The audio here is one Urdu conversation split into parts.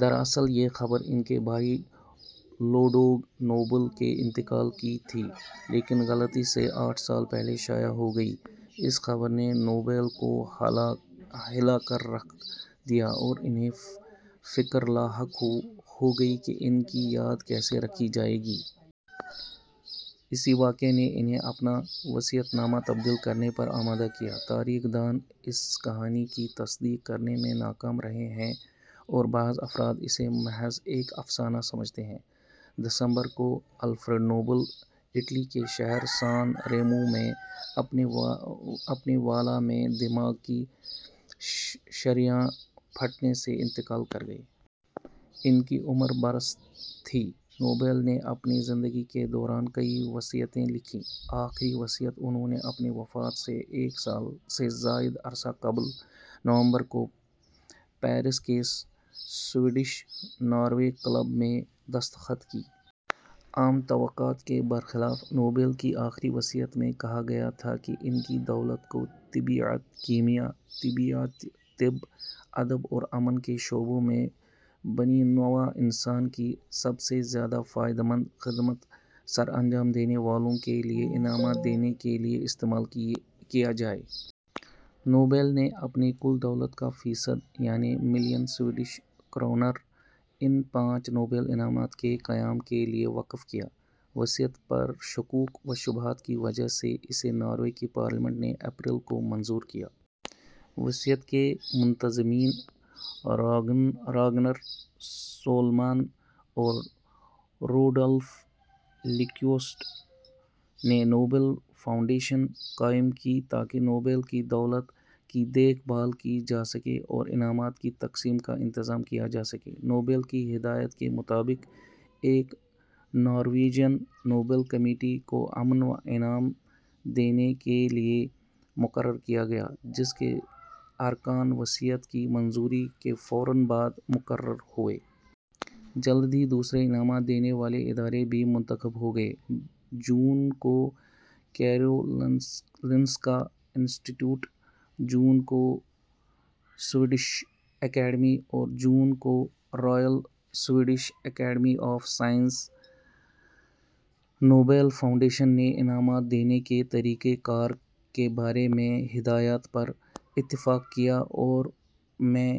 دراصل یہ خبر ان کے بھائی لوڈوگ نوبل کے انتقال کی تھی، لیکن غلطی سے آٹھ سال پہلے شائع ہو گئی۔ اس خبر نے نوبل کو ہلا کر رکھ دیا اور انھیں فکر لاحق ہو گئی کہ ان کی یاد کیسے رکھی جائے گی۔ اسی واقعے نے انھیں اپنا وصیت نامہ تبدیل کرنے پر آمادہ کیا۔ تاریخ دان اس کہانی کی تصدیق کرنے میں ناکام رہے ہیں اور بعض افراد اسے محض ایک افسانہ سمجھتے ہیں۔ دسمبر کو، الفریڈ نوبل اٹلی کے شہر سان ریمو میں اپنے ولا میں دماغ کی شریان پھٹنے سے انتقال کر گئے۔ ان کی عمر برس تھی۔ نوبل نے اپنی زندگی کے دوران کئی وصیتیں لکھیں۔ آخری وصیت انھوں نے اپنی وفات سے ایک سال سے زائد عرصہ قبل، نومبر کو پیرس کے سوئیڈش-ناروے کلب میں دستخط کی۔ عام توقعات کے برخلاف، نوبل کی آخری وصیت میں کہا گیا تھا کہ ان کی دولت کو طبیعیات ، کیمیا ، طبیعیات یا طب ، ادب اور امن کے شعبوں میں بنی نوع انسان کی "سب سے زیادہ فائدہ مند" خدمات سر انجام دینے والوں کے لیے انعامات دینے کے لیے استعمال کیا جائے۔ نوبل نے اپنی کل دولت کا فیصد، یعنی ملین سویڈش کرونر ، ان پانچ نوبل انعامات کے قیام کے لیے وقف کیا۔ وصیت پر شکوک و شبہات کی وجہ سے اسے ناروے کی پارلیمنٹ نے اپریل کو منظور کیا۔ وصیت کے منتظمین، راگنر سولمان اور روڈولف للیکوسٹ، نے نوبل فاونڈیشن قائم کی تاکہ نوبل کی دولت کی دیکھ بھال کی جا سکے اور انعامات کی تقسیم کا انتظام کیا جا سکے۔ نوبل کی ہدایت کے مطابق، ایک نارویجن نوبل کمیٹی کو امن انعام دینے کے لیے مقرر کیا گیا، جس کے ارکان وصیت کی منظوری کے فوراً بعد مقرر ہوئے۔ جلد ہی دوسرے انعامات دینے والے ادارے بھی منتخب ہو گئے۔ جون کو کیرولنسکا انسٹیٹیوٹ ، جون کو سوئیڈش اکیڈمی اور جون کو Royal Swedish Academy of Sciences. Nobel Foundation نے انعامات دینے کے طریقہ کار کے بارے میں ہدایات پر اتفاق کیا اور میں،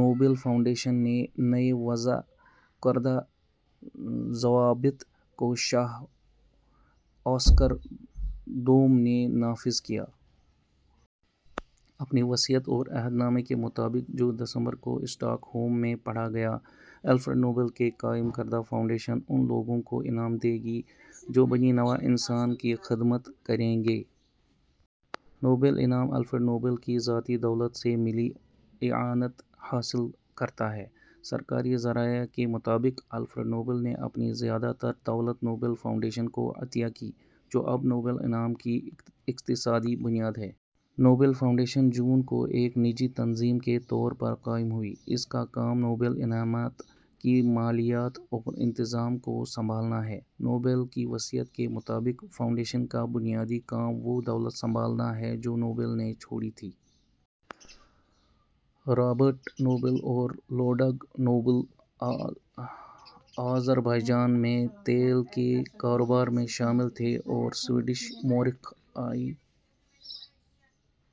نوبل فاؤنڈیشن کے نئے وضع کردہ ضوابط کو شاہ اوسکر دوم نے نافذ کیا۔ اپنی وصیت اور عہد نامے کے مطابق، جو دسمبر کو اسٹاک ہوم میں پڑھا گیا، الفریڈ نوبل کی قائم کردہ فاؤنڈیشن اُن لوگوں کو انعام دے گی جو بنی نوع انسان کی خدمت کریں گے۔ نوبل انعام، الفریڈ نوبل کی ذاتی دولت سے مالی اعانت حاصل کرتا ہے۔ سرکاری ذرائع کے مطابق، الفریڈ نوبل نے اپنی زیادہ تر دولت نوبل فاؤنڈیشن کو عطیہ کی، جو اب نوبل انعام کی اقتصادی بنیاد ہے۔ ۔ نوبل فاونڈیشن جون کو ایک نجی تنظیم کے طور پر قائم ہوئی۔ اس کا کام نوبل انعامات کی مالیات اور انتظام کو سنبھالنا ہے۔ نوبل کی وصیت کے مطابق، فاؤنڈیشن کا بنیادی کام وہ دولت سنبھالنا ہے جو نوبل نے چھوڑی تھی۔ رابرٹ نوبل اور لڈوگ نوبل آذربائیجان میں تیل کے کاروبار میں شامل تھے اور سویڈش مؤرخ ای.